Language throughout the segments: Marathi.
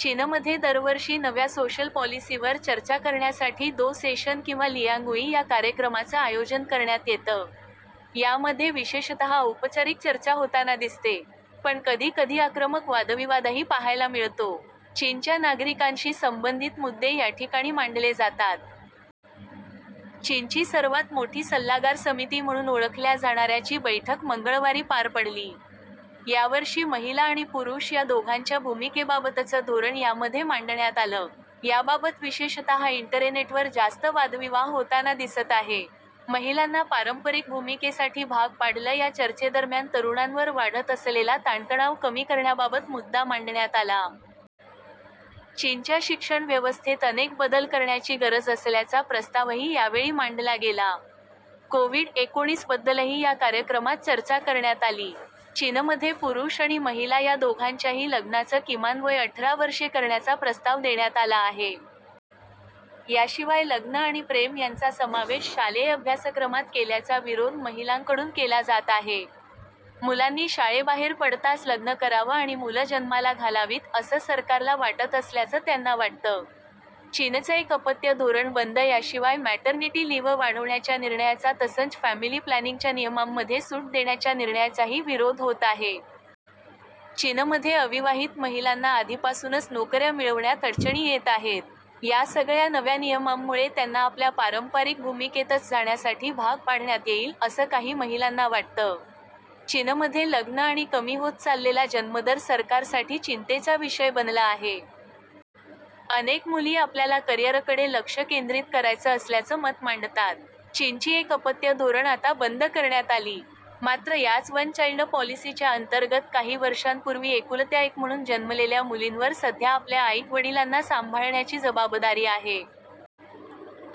चीनमध्ये दरवर्षी नव्या सोशल पॉलिसीवर चर्चा करण्यासाठी दो सेशन किंवा लियांगुई या कार्यक्रमाचं आयोजन करण्यात येतं. यामध्ये विशेषत औपचारिक चर्चा होताना दिसते. पण कधी कधी आक्रमक वादविवादही पाहायला मिळतो. चीनच्या नागरिकांशी संबंधित मुद्दे याठिकाणी मांडले जातात. चीनची सर्वात मोठी सल्लागार समिती म्हणून ओळखल्या जाणाऱ्या ची बैठक मंगळवारी पार पडली. यावर्षी महिला आणि पुरुष या दोघांच्या भूमिकेबाबतचं धोरण यामध्ये मांडण्यात आलं. याबाबत विशेषतः इंटरेनेटवर जास्त वादविवाह होताना दिसत आहे. महिलांना पारंपरिक भूमिकेसाठी भाग पाडलं या चर्चेदरम्यान तरूणांवर वाढत असलेला ताणतणाव कमी करण्याबाबत मुद्दा मांडण्यात आला. चीनच्या शिक्षण व्यवस्थेत अनेक बदल करण्याची गरज असल्याचा प्रस्तावही यावेळी मांडला गेला. कोव्हिड-एकोणीस बद्दलही या कार्यक्रमात चर्चा करण्यात आली. चीनमध्ये पुरुष आणि महिला या दोघांच्याही लग्नाचं किमान वय अठरा वर्षे करण्याचा प्रस्ताव देण्यात आला आहे. याशिवाय लग्न आणि प्रेम यांचा समावेश शालेय अभ्यासक्रमात केल्याचा विरोध महिलांकडून केला जात आहे. मुलांनी शाळेबाहेर पडताच लग्न करावं आणि मुलं जन्माला घालावीत, असं सरकारला वाटत असल्याचं त्यांना वाटतं. चीनचं एक अपत्य धोरण बंद याशिवाय मॅटर्निटी लिव्ह वाढवण्याच्या निर्णयाचा तसंच फॅमिली प्लॅनिंगच्या नियमांमध्ये सूट देण्याच्या निर्णयाचाही विरोध होत आहे. चीनमध्ये अविवाहित महिलांना आधीपासूनच नोकऱ्या मिळवण्यात अडचणी येत आहेत. या सगळ्या नव्या नियमांमुळे त्यांना आपल्या पारंपारिक भूमिकेतच जाण्यासाठी भाग पाडण्यात येईल, असं काही महिलांना वाटतं. चीनमध्ये लग्न आणि कमी होत चाललेला जन्मदर सरकारसाठी चिंतेचा विषय बनला आहे. अनेक मुली आपल्याला करिअरकडे लक्ष केंद्रित करायचं असल्याचं मत मांडतात. चीनची एक अपत्य धोरण आता बंद करण्यात आली. मात्र याच वन चाईल्ड पॉलिसीच्या अंतर्गत काही वर्षांपूर्वी एकुलत्या एक म्हणून जन्मलेल्या मुलींवर सध्या आपल्या आई-वडिलांना सांभाळण्याची जबाबदारी आहे.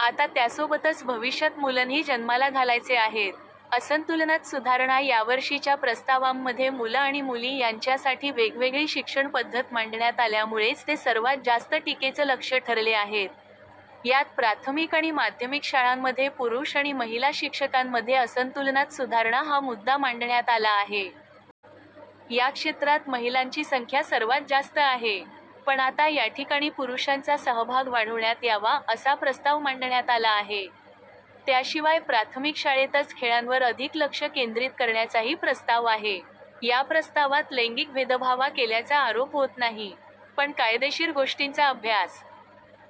आता त्यासोबतच भविष्यात मुलंही जन्माला घालायचे आहेत. असंतुलनात सुधारणा यावर्षीच्या प्रस्तावांमध्ये मुलं आणि मुली यांच्यासाठी वेगवेगळी शिक्षण पद्धत मांडण्यात आल्यामुळेच ते सर्वात जास्त टीकेचं लक्ष्य ठरले आहेत. यात प्राथमिक आणि माध्यमिक शाळांमध्ये पुरुष आणि महिला शिक्षकांमध्ये असंतुलनात सुधारणा हा मुद्दा मांडण्यात आला आहे. या क्षेत्रात महिलांची संख्या सर्वात जास्त आहे. पण आता याठिकाणी पुरुषांचा सहभाग वाढवण्यात यावा, असा प्रस्ताव मांडण्यात आला आहे. त्याशिवाय प्राथमिक शाळेतच खेळांवर अधिक लक्ष केंद्रीत करण्याचाही प्रस्ताव आहे. या प्रस्तावात लैंगिक भेदभावा केल्याचा आरोप होत नाही. पण कायदेशीर गोष्टींचा अभ्यास